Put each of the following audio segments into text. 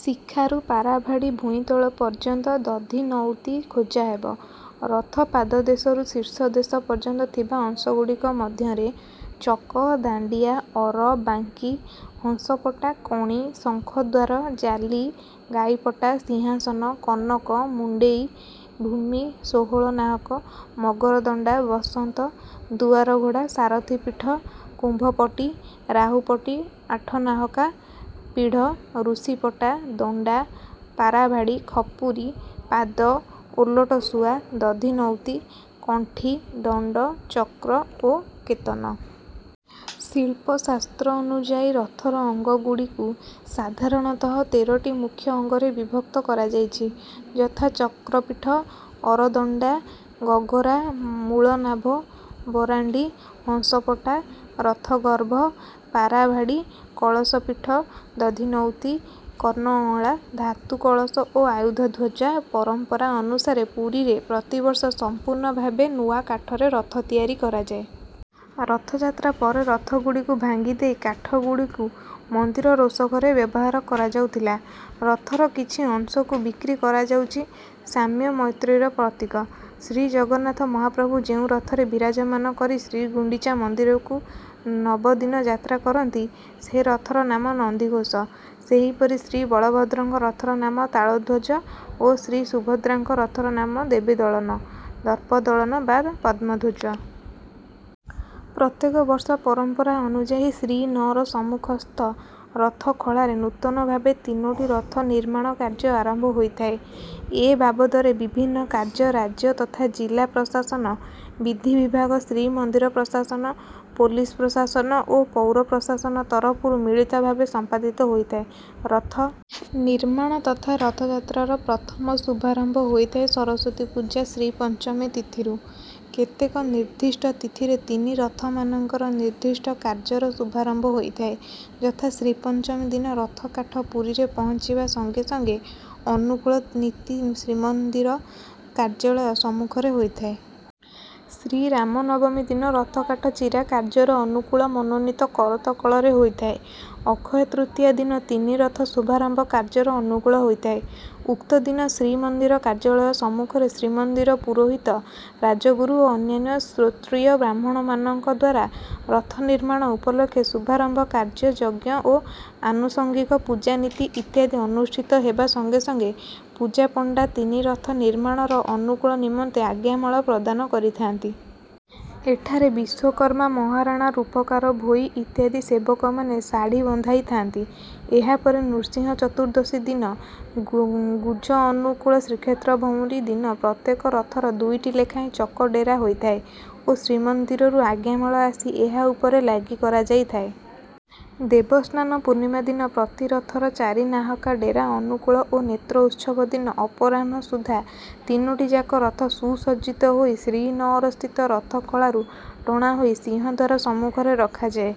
ଶିଖାରୁ ପାରାଭାଡ଼ି ଭୂଇଁ ତଳ ପର୍ଯ୍ୟନ୍ତ ଦଧିନଉତି ଖୋଜ ହେବ। ରଥ ପାଦଦେଶରୁ ଶୀର୍ଷଦେଶ ପର୍ଯ୍ୟନ୍ତ ଥିବା ଅଂଶଗୁଡ଼ିକ ମଧ୍ୟରେ - ଚକ, ଦଣ୍ଡିଆ, ଅର, ବାଙ୍କି, ହଂସପଟା, କଣି, ଶଙ୍ଖଦ୍ୱାର, ଜାଲି, ଗାଈପଟା, ସିଂହାସନ, କନକ ମୁଣ୍ଡେଇ, ଭୂମି, ଷୋହଳ ନାହାକ, ମଗରଦଣ୍ଡା, ବସନ୍ତ, ଦୁଆରଘୋଡ଼ା, ସାରଥୀ ପୀଠ, କୁମ୍ଭପଟି, ରାହୁପଟି, ଆଠ ନାହାକା, ପୀଢ଼, ଋଷିପଟା, ଦଣ୍ଡା, ପାରାଭାଡ଼ି, ଖପୁରୀ, ପାଦ, ଓଲଟ ଶୁଆ, ଦଧିନଉତି, କଣ୍ଠି, ଦଣ୍ଡ, ଚକ୍ର ଓ କେତନ। ଶିଳ୍ପଶାସ୍ତ୍ରାନୁଯାୟୀ ରଥର ଅଙ୍ଗଗୁଡ଼ିକୁ ସାଧାରଣତଃ ତେରଟି ମୁଖ୍ୟ ଅଙ୍ଗରେ ବିଭକ୍ତ କରାଯାଇଛି। ଯଥା ଚକ୍ରପୀଠ, ଅରଦଣ୍ଡା, ଗଗରା, ମୂଳନାଭ, ବରାଣ୍ଡି, ହଂସପଟା, ରଥଗର୍ଭ, ପାରାଭାଡ଼ି, କଳସ ପୀଠ, ଦଧିନଉତି, କର୍ଣ୍ଣଅଁଳା, ଧାତୁ କଳସ ଓ ଆୟୁଧ ଧ୍ୱଜା। ପରମ୍ପରା ଅନୁସାରେ ପୁରୀରେ ପ୍ରତିବର୍ଷ ସମ୍ପୂର୍ଣ୍ଣ ଭାବେ ନୂଆ କାଠରେ ରଥ ତିଆରି କରାଯାଏ। ରଥଯାତ୍ରା ପରେ ରଥଗୁଡ଼ିକୁ ଭାଙ୍ଗି ଦେଇ, କାଠଗୁଡ଼ିକୁ ମନ୍ଦିର ରୋଷଘରେ ବ୍ୟବହାର କରାଯାଉଥିଲା, ରଥର କିଛି ଅଂଶକୁ ବିକ୍ରି କରାଯାଉଛି। ସାମ୍ୟ-ମୈତ୍ରୀର ପ୍ରତୀକ ଶ୍ରୀଜଗନ୍ନାଥ ମହାପ୍ରଭୁ ଯେଉଁ ରଥରେ ବିରାଜମାନ କରି ଶ୍ରୀଗୁଣ୍ଡିଚା ମନ୍ଦିରକୁ ନବଦିନ ଯାତ୍ରା କରନ୍ତି, ସେ ରଥର ନାମ ନନ୍ଦିଘୋଷ। ସେହିପରି ଶ୍ରୀବଳଭଦ୍ରଙ୍କ ରଥର ନାମ ତାଳଧ୍ୱଜ ଓ ଶ୍ରୀସୁଭଦ୍ରାଙ୍କ ରଥର ନାମ ଦେବଦଳନ, ଦର୍ପଦଳନ ବା ପଦ୍ମଧ୍ୱଜ। ପ୍ରତ୍ୟେକ ବର୍ଷ ପରମ୍ପରା ଅନୁଯାୟୀ ଶ୍ରୀନଅର ସମ୍ମୁଖସ୍ଥ ରଥଖଳାରେ ନୂତନ ଭାବେ ତିନୋଟି ରଥ ନିର୍ମାଣ କାର୍ଯ୍ୟ ଆରମ୍ଭ ହୋଇଥାଏ। ଏ ବାବଦରେ ବିଭିନ୍ନ କାର୍ଯ୍ୟ ରାଜ୍ୟ ତଥା ଜିଲ୍ଲା ପ୍ରଶାସନ, ବିଧି ବିଭାଗ, ଶ୍ରୀମନ୍ଦିର ପ୍ରଶାସନ, ପୋଲିସ ପ୍ରଶାସନ ଓ ପୌର ପ୍ରଶାସନ ତରଫରୁ ମିଳିତ ଭାବେ ସମ୍ପାଦିତ ହୋଇଥାଏ। ରଥ ନିର୍ମାଣ ତଥା ରଥଯାତ୍ରାର ପ୍ରଥମ ଶୁଭାରମ୍ଭ ହୋଇଥାଏ ସରସ୍ୱତୀ ପୂଜା ଶ୍ରୀପଞ୍ଚମୀ ତିଥିରୁ। କେତେକ ନିର୍ଦ୍ଦିଷ୍ଟ ତିଥିରେ ତିନି ରଥମାନଙ୍କର ନିର୍ଦ୍ଦିଷ୍ଟ କାର୍ଯ୍ୟର ଶୁଭାରମ୍ଭ ହୋଇଥାଏ। ଯଥା ଶ୍ରୀପଞ୍ଚମୀ ଦିନ ରଥକାଠ ପୁରୀରେ ପହଞ୍ଚିବା ସଙ୍ଗେ ସଙ୍ଗେ ଅନୁକୂଳ ନୀତି ଶ୍ରୀମନ୍ଦିର କାର୍ଯ୍ୟାଳୟ ସମ୍ମୁଖରେ ହୋଇଥାଏ। ଶ୍ରୀରାମ ନବମୀ ଦିନ ରଥକାଠ ଚିରା କାର୍ଯ୍ୟର ଅନୁକୂଳ ମନୋନୀତ କରତ କଳରେ ହୋଇଥାଏ। ଅକ୍ଷୟ ତୃତୀୟା ଦିନ ତିନି ରଥ ଶୁଭାରମ୍ଭ କାର୍ଯ୍ୟର ଅନୁକୂଳ ହୋଇଥାଏ। ଉକ୍ତ ଦିନ ଶ୍ରୀମନ୍ଦିର କାର୍ଯ୍ୟାଳୟ ସମ୍ମୁଖରେ ଶ୍ରୀମନ୍ଦିର ପୁରୋହିତ, ରାଜଗୁରୁ ଓ ଅନ୍ୟାନ୍ୟ ଶ୍ରୋତ୍ରୀୟ ବ୍ରାହ୍ମଣମାନଙ୍କ ଦ୍ୱାରା ରଥ ନିର୍ମାଣ ଉପଲକ୍ଷେ ଶୁଭାରମ୍ଭ କାର୍ଯ୍ୟ ଯଜ୍ଞ ଓ ଆନୁଷଙ୍ଗିକ ପୂଜା-ନୀତି ଇତ୍ୟାଦି ଅନୁଷ୍ଠିତ ହେବା ସଙ୍ଗେ ସଙ୍ଗେ ପୂଜାପଣ୍ଡା ତିନି ରଥ ନିର୍ମାଣର ଅନୁକୂଳ ନିମନ୍ତେ ଆଜ୍ଞାମାଳ ପ୍ରଦାନ କରିଥାନ୍ତି। ଏଠାରେ ବିଶ୍ୱକର୍ମା ମହାରଣା, ରୂପକାର, ଭୋଇ ଇତ୍ୟାଦି ସେବକମାନେ ଶାଢ଼ୀ ବନ୍ଧାଇଥାନ୍ତି। ଏହା ପରେ ନୃସିଂହ ଚତୁର୍ଦ୍ଦଶୀ ଦିନ ଗୁଜ ଅନୁକୂଳ, ଶ୍ରୀକ୍ଷେତ୍ର ଭଉଁରୀ ଦିନ ପ୍ରତ୍ୟେକ ରଥର ଦୁଇଟି ଲେଖାଏଁ ଚକ ଡେରା ହୋଇଥାଏ ଓ ଶ୍ରୀମନ୍ଦିରରୁ ଆଜ୍ଞାମାଳ ଆସି ଏହା ଉପରେ ଲାଗି କରାଯାଇଥାଏ। ଦେବସ୍ନାନ ପୂର୍ଣ୍ଣିମା ଦିନ ପ୍ରତି ରଥର ଚାରିନାହାକା ଡେରା ଅନୁକୂଳ ଓ ନେତ୍ରୋତ୍ସବ ଦିନ ଅପରାହ୍ନ ସୁଦ୍ଧା ତିନୋଟି ଯାକ ରଥ ସୁସଜ୍ଜିତ ହୋଇ ଶ୍ରୀନଅର ସ୍ଥିତ ରଥଖଳାରୁ ଟଣା ହୋଇ ସିଂହଦ୍ୱାର ସମ୍ମୁଖରେ ରଖାଯାଏ।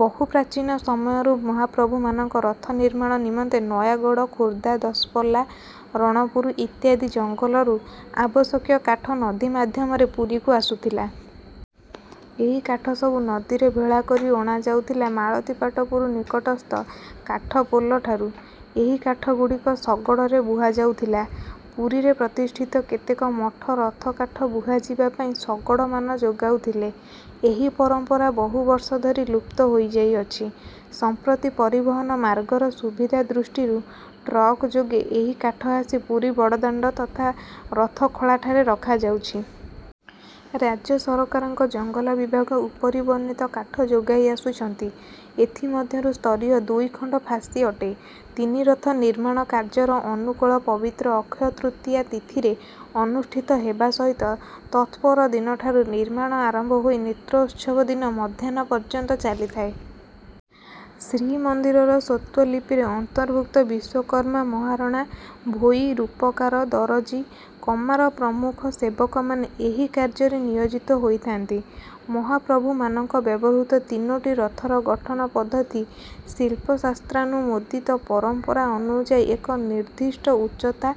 ବହୁ ପ୍ରାଚୀନ ସମୟରୁ ମହାପ୍ରଭୁମାନଙ୍କ ରଥ ନିର୍ମାଣ ନିମନ୍ତେ ନୟାଗଡ଼, ଖୋର୍ଦ୍ଧା, ଦଶପଲ୍ଲା, ରଣପୁର ଇତ୍ୟାଦି ଜଙ୍ଗଲରୁ ଆବଶ୍ୟକୀୟ କାଠ ନଦୀ ମାଧ୍ୟମରେ ପୁରୀକୁ ଆସୁଥିଲା। ଏହି କାଠସବୁ ନଦୀରେ ଭେଳା କରି ଅଣାଯାଉଥିଲାମାଳତିପାଟପୁର ନିକଟସ୍ଥ କାଠ ପୋଲଠାରୁ ଏହି କାଠଗୁଡ଼ିକ ଶଗଡ଼ରେ ବୁହାଯାଉଥିଲା। ପୁରୀରେ ପ୍ରତିଷ୍ଠିତ କେତେକ ମଠ ରଥକାଠ ବୁହାଯିବା ପାଇଁ ଶଗଡ଼ମାନ ଯୋଗାଉଥିଲେ। ଏହି ପରମ୍ପରା ବହୁ ବର୍ଷ ଧରି ଲୁପ୍ତ ହୋଇଯାଇଅଛି। ସମ୍ପ୍ରତି ପରିବହନ ମାର୍ଗର ସୁବିଧା ଦୃଷ୍ଟିରୁ ଟ୍ରକ୍ ଯୋଗେ ଏହି କାଠ ଆସି ପୁରୀ ବଡ଼ଦାଣ୍ଡ ତଥା ରଥଖଳାଠାରେ ରଖାଯାଉଛି। ରାଜ୍ୟ ସରକାରଙ୍କ ଜଙ୍ଗଲ ବିଭାଗ ଉପରିବର୍ଣ୍ଣିତ କାଠ ଯୋଗାଇ ଆସୁଛନ୍ତି, ଏଥି ମଧ୍ୟରୁ ସ୍ତରୀୟ ଦୁଇ ଖଣ୍ଡ ଫାସୀ ଅଟେ। ତିନି ରଥ ନିର୍ମାଣ କାର୍ଯ୍ୟର ଅନୁକୂଳ ପବିତ୍ର ଅକ୍ଷୟ ତୃତୀୟା ତିଥିରେ ଅନୁଷ୍ଠିତ ହେବା ସହିତ ତତ୍‌ପରଦିନଠାରୁ ନିର୍ମାଣ ଆରମ୍ଭ ହୋଇ ନେତ୍ରୋତ୍ସବ ଦିନ ମଧ୍ୟାହ୍ନ ପର୍ଯ୍ୟନ୍ତ ଚାଲିଥାଏ। ଶ୍ରୀମନ୍ଦିରର ସ୍ୱତ୍ତ୍ୱଲିପିରେ ଅନ୍ତର୍ଭୁକ୍ତବିଶ୍ୱକର୍ମାମହାରଣା, ଭୋଇ, ରୂପକାର, ଦରଜି, କମାର ପ୍ରମୁଖ ସେବକମାନେ ଏହି କାର୍ଯ୍ୟରେ ନିଯୋଜିତ ହୋଇଥାନ୍ତି। ମହାପ୍ରଭୁମାନଙ୍କ ବ୍ୟବହୃତ ତିନୋଟି ରଥର ଗଠନ ପଦ୍ଧତି ଶିଳ୍ପଶାସ୍ତ୍ରାନୁମୋଦିତ। ପରମ୍ପରା ଅନୁଯାୟୀ ଏକ ନିର୍ଦ୍ଦିଷ୍ଟ ଉଚ୍ଚତା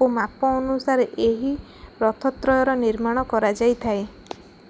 ଓ ମାପ ଅନୁସାରେ ଏହି ରଥତ୍ରୟର ନିର୍ମାଣ କରାଯାଇଥାଏ।